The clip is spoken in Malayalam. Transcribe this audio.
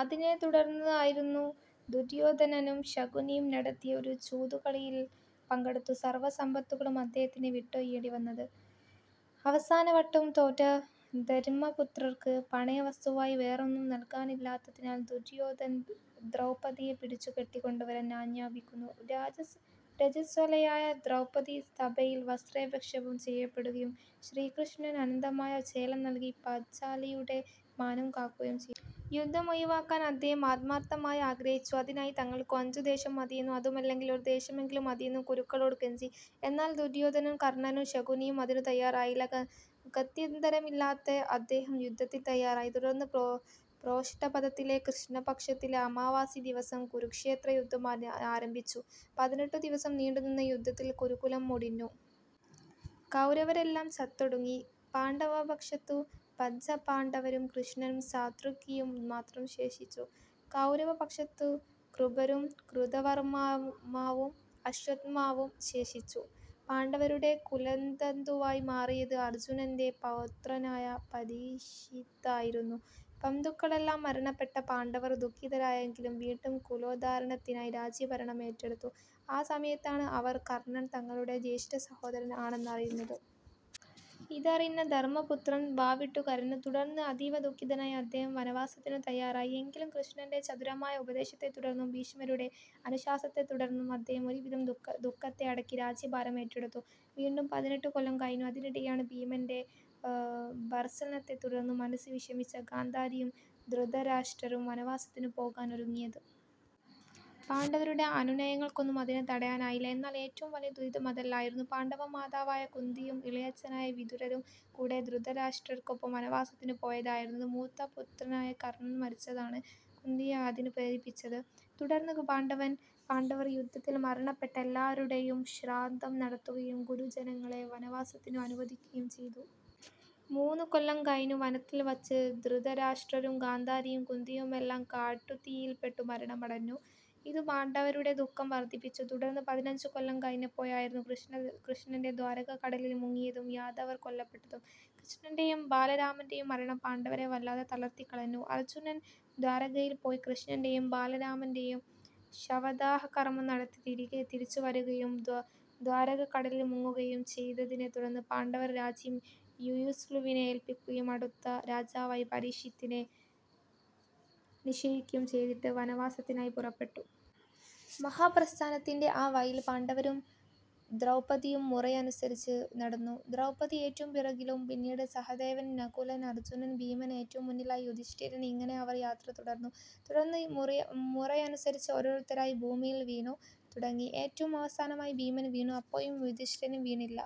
അതിനെത്തുടർന്നായിരുന്നു ദുര്യോധനനും ശകുനിയും നടത്തിയ ഒരു ചൂതുകളിയിൽ പങ്കെടുത്തു സർവ്വസമ്പത്തുകളും അദ്ദേഹത്തിന് വിട്ടൊഴിയേണ്ടി വന്നത്. അവസാന വട്ടവും തോറ്റ ധര്മപുത്രർക്ക്, പണയ വസ്തുവായി വേറൊന്നും നല്കാനില്ലാഞ്ഞതിനാൽ ദുര്യോധനൻ ദ്രൗപദിയെ പിടിച്ചു കെട്ടി കൊണ്ടുവരാൻ ആജ്ഞാപിക്കുന്നു. രജസ്വലയായ ദ്രൗപദി സഭയിൽ വസ്ത്രക്ഷേപം ചെയ്യപ്പെടുകയും, ശ്രീകൃഷ്ണൻ അനന്തമായ ചേല നൽകി പാഞ്ചാലിയുടെ മാനം കാക്കുകയും ചെയ്യുന്നു. യുദ്ധമൊഴിവാക്കാൻ അദ്ദേഹം ആത്മാർത്ഥമായി ആഗ്രഹിച്ചു. അതിനായി തങ്ങൾക്കു അഞ്ചു ദേശം മതിയെന്നും അതുമല്ലെങ്കിൽ ഒരു ദേശമെങ്കിലും മതിയെന്നും കുരുക്കളോടു കെഞ്ചി. എന്നാൽ ദുര്യോധനനും കർണ്ണനും ശകുനിയും അതിനു തയ്യാറായില്ല. ഗത്യന്തരമില്ലാതെ അദ്ദേഹം യുദ്ധത്തിന് തയ്യാറായി. തുടർന്ന് പ്രോഷ്ഠപദത്തിലെ കൃഷ്ണപക്ഷത്തിലെ അമാവാസി ദിവസം കുരുക്ഷേത്രയുദ്ധം ആരംഭിച്ചു. പതിനെട്ടു ദിവസം നീണ്ടുനിന്ന യുദ്ധത്തിൽ കുരുകുലം മുടിഞ്ഞു. കൗരവരെല്ലാം ചത്തൊടുങ്ങി. പാണ്ഡവപക്ഷത്തു പഞ്ചപാണ്ഡവരും കൃഷ്ണനും സാത്യകിയും മാത്രം ശേഷിച്ചു. കൗരവപക്ഷത്തു കൃപരും, കൃതവർമ്മാവും, അശ്വത്ഥാമാവും ശേഷിച്ചു. പാണ്ഡവരുടെ കുലതന്തുവായി മാറിയത് അർജ്ജുനന്റെ പൗത്രനായ പരീക്ഷിത്തായിരുന്നു. ബന്ധുക്കളെല്ലാം മരണപ്പെട്ട പാണ്ഡവർ ദുഃഖിതരായെങ്കിലും വീണ്ടും കുലോദ്ധാരണത്തിനായി രാജ്യഭരണം ഏറ്റെടുത്തു. ആ സമയത്താണ് അവർ കർണ്ണൻ തങ്ങളുടെ ജ്യേഷ്ഠസഹോദരൻ ആണെന്നറിയുന്നതു. ഇതറിഞ്ഞ ധർമ്മപുത്രർ വാവിട്ടു കരഞ്ഞു. തുടർന്ന് അതീവദുഃഖിതനായ അദ്ദേഹം വനവാസത്തിനു തയ്യാറായി. എങ്കിലും കൃഷ്ണന്റെ ചതുരമായ ഉപദേശത്തെത്തുടർന്നും, ഭീഷ്മരുടെ അനുശാസനത്തെത്തുടർന്നും അദ്ദേഹം ഒരുവിധം ദുഃഖത്തെ അടക്കി രാജ്യഭാരം ഏറ്റെടുത്തു. വീണ്ടും പതിനെട്ടു കൊല്ലം കഴിഞ്ഞു. അതിനിടെയാണ് ഭീമന്റെ ഭർത്സനത്തെ തുടർന്നു മനസ്സ് വിഷമിച്ച ഗാന്ധാരിയും ധൃതരാഷ്ട്രരും വനവാസത്തിനു പോകാനൊരുങ്ങിയത്. പാണ്ഡവരുടെ അനുനയങ്ങൾക്കൊന്നും അതിനെ തടയാനായില്ല. എന്നാൽ ഏറ്റവും വലിയ ദുരിതം അതല്ലായിരുന്നു. പാണ്ഡവമാതാവായ കുന്തിയും, ഇളയച്ഛനായ വിദുരരും കൂടെ ധൃതരാഷ്ട്രര്ക്കൊപ്പം വനവാസത്തിനു പോയതായിരുന്നത്. മൂത്തപുത്രനായ കർണ്ണൻ മരിച്ചതാണ് കുന്തിയെ അതിനു പ്രേരിപ്പിച്ചത്. തുടർന്ന് പാണ്ഡവർ യുദ്ധത്തിൽ മരണപ്പെട്ട എല്ലാരുടെയും ശ്രാദ്ധം നടത്തുകയും ഗുരുജനങ്ങളെ വനവാസത്തിനു അനുവദിക്കുകയും ചെയ്തു. മൂന്നുകൊല്ലം കഴിഞ്ഞു, വനത്തിൽ വച്ച് ധൃതരാഷ്ട്രരും ഗാന്ധാരിയും കുന്തിയുമെല്ലാം കാട്ടുതീയിൽപ്പെട്ടു മരണമടഞ്ഞു. ഇതും പാണ്ഡവരുടെ ദുഃഖം വർദ്ധിപ്പിച്ചു. തുടർന്ന് പതിനഞ്ചു കൊല്ലം കഴിഞ്ഞപ്പോഴായിരുന്നു കൃഷ്ണന്റെ ദ്വാരക കടലിൽ മുങ്ങിയതും യാദവർ കൊല്ലപ്പെട്ടതും. കൃഷ്ണന്റെയും ബാലരാമന്റെയും മരണം പാണ്ഡവരെ വല്ലാതെ തളർത്തിക്കളഞ്ഞു. അർജ്ജുനൻ ദ്വാരകയിൽ പോയി കൃഷ്ണന്റെയും ബാലരാമന്റെയും ശവദാഹകർമ്മം നടത്തി തിരിച്ചു വരികയും ദ്വാരക കടലിൽ മുങ്ങുകയും ചെയ്തതിനെ തുടർന്ന് പാണ്ഡവർ രാജ്യം യുയുത്സുവിനെ ഏൽപ്പിക്കുകയും അടുത്ത രാജാവായി പരീക്ഷിത്തിനെ നിശ്ചയിക്കുകയും ചെയ്തിട്ട് വനവാസത്തിനായി പുറപ്പെട്ടു. മഹാപ്രസ്ഥാനത്തിന്റെ ആ വഴിയിൽ പാണ്ഡവരും ദ്രൗപദിയും മുറയനുസരിച്ച് നടന്നു. ദ്രൗപദി ഏറ്റവും പിറകിലും പിന്നീട് സഹദേവൻ, നകുലൻ, അർജ്ജുനൻ, ഭീമൻ ഏറ്റവും മുന്നിലായി യുധിഷ്ഠിരൻ ഇങ്ങനെ അവർ യാത്ര തുടർന്നു. തുടർന്ന് മുറയനുസരിച്ച് ഓരോരുത്തരായി ഭൂമിയിൽ വീണു തുടങ്ങി. ഏറ്റവും അവസാനമായി ഭീമൻ വീണു. അപ്പോഴും യുധിഷ്ഠിരൻ വീണില്ല.